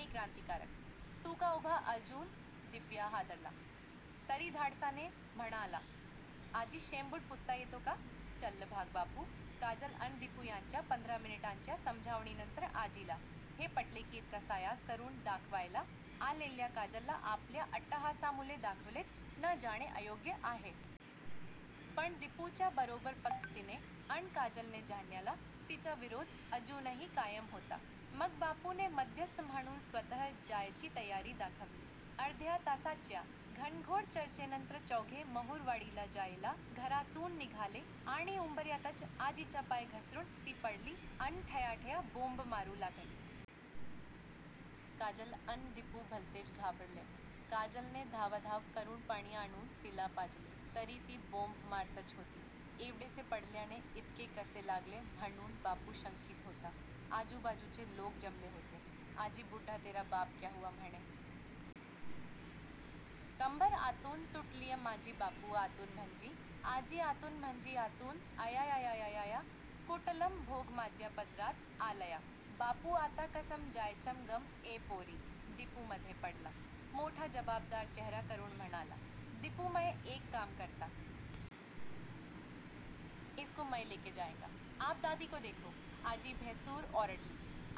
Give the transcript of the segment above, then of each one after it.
ए क्रान्तीकारक? तू का उभा अजून? दिप्या हादरला. तरी धाडसाने म्हणाला. आजी शेंबुड पुसता येतो का? चल्ल भाग बापू, काजल अन दिपू यांच्या पंधरा मिनिटांच्या समजावणीनंतर आजीला हे पटले की इतका सायास करून दाखवायला आलेल्या काजलला आपल्या अट्टाहासामुळे दाखवलेच न जाणे अयोग्य आहे. पण दिपूच्या बरोबर फक्त तिने अन काजलने जाण्याला तिचा विरोध अजूनही कायम होता. मग बापूने मध्यस्थ म्हणून स्वतः जायची तयारी दाखवली. अर्ध्या तासाच्या घनघोर चर्चेनंतर चौघे महुरवाडीला जायला घरातून निघाले आणि उंबर्यातच आजीचा पाय घसरुन ती पडली अन ठयाठया बोंब मारू लागली. काजल अन दिपू भलतेच घाबरले. काजलने धावाधाव करून पाणी आणून तिला पाजले. तरी ती बोंब मारतच होती. एवढेसे पडल्याने इतके कसे लागले म्हणून बापू शंकीत होता. आजूबाजूचे लोक जमले होते. आजी बुढ्ढा तेरा बाप क्या हुवा म्हणे. कंबर आतून तुटलीय माझी बापू आतून म्हंजी? आजी आतून म्हंजी आतून अयायायायायाया कुटलं भोग माज्या पदरात आलया. बापू आता कसं जायचं गं ए पोरी? दिपू मधे पडला. मोठा जबाबदार चेहरा करून म्हणाला. दिपू मय एक काम करता. इसको मय लेके जायेंगा. आप दादीको देखो.आजी भेसूर ओरडली.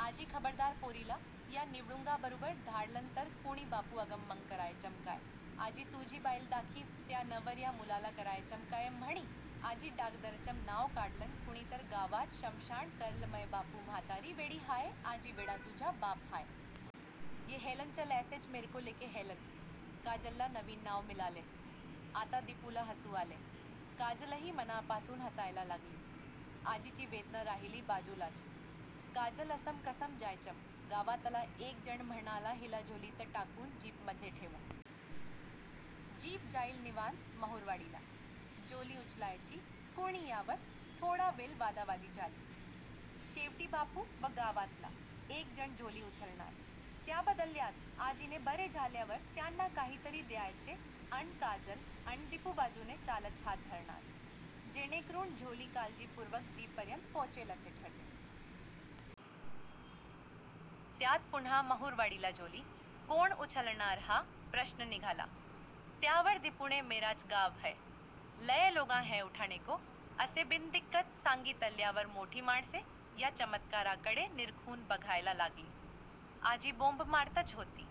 आजी खबरदार पोरीला या निवडुंगाबरुबर धाडलन तर कुणी बापू अगं मंग करायचं काय? आजी तुझी बाईल दाखीव त्या नवर्या मुलाला करायचं काय म्हणी आजी डागदरचं नाव काढलन कुणी तर गावाच शमशान करल मय बापू म्हातारी वेडी हाये आजी वेडा तुझा बाप हाय. ये हेलन चल ऐसेच मेरेको लेके हेलन! काजलला नवीन नाव मिळाले. आता दिपूला हसू आले. काजलही मनापासून हसायला लागली. आजीची वेदना राहिली बाजूलाच! काजल असं कसं जायचं? गावातला एक जण म्हणाला हिला झोळीत टाकून जीपमधे ठेवा. जीप जाईल निवांत महुरवाडीला. झोळी उचलायची कुणी यावर थोडा वेळ वादावादी झाली. शेवटी बापू व गावातला एक जण झोळी उचलणार, त्याबदल्यात आजीने बरे झाल्यावर त्यांना काहीतरी द्यायचे अन काजल अन दिपू बाजूने चालत हात धरणार, जेणेकरून झोळी काळजीपुर्वक जीपपर्यंत पोचेल असे ठरले. त्यात पुन्हा महुरवाडीला झोळी कोण उचलणार हा प्रश्न निघाला. त्यावर दिपूने 'मेराच गाव हय. लय लोगां है उठानेको' असे बिनदिक्कत सांगीतल्यावर मोठी माणसे या चमत्काराकडे निरखून बघायला लागली. आजी बोंब मारतच होती.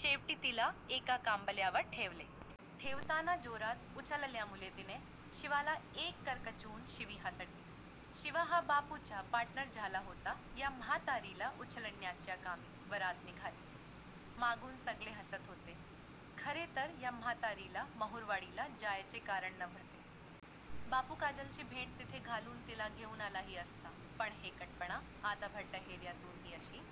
शेवटी तिला एका कांबळ्यावर ठेवले. ठेवताना जोरात उचलल्यामुळे तिने शिवाला एक करकचून शिवी हासडली. शिवा हा बापुचा पार्टनर झाला होता या म्हातारीला उचलण्याच्या कामी! वरात निघाली. मागून सगळे हसत होते. खरे तर या म्हातारीला महुरवाडीला जायचे कारण नव्हते. बापू काजलची भेट तिथे घालून तिला घेऊन आलाही असता. पण हेकटपणा! आता भर टहेर्यातून ही अशी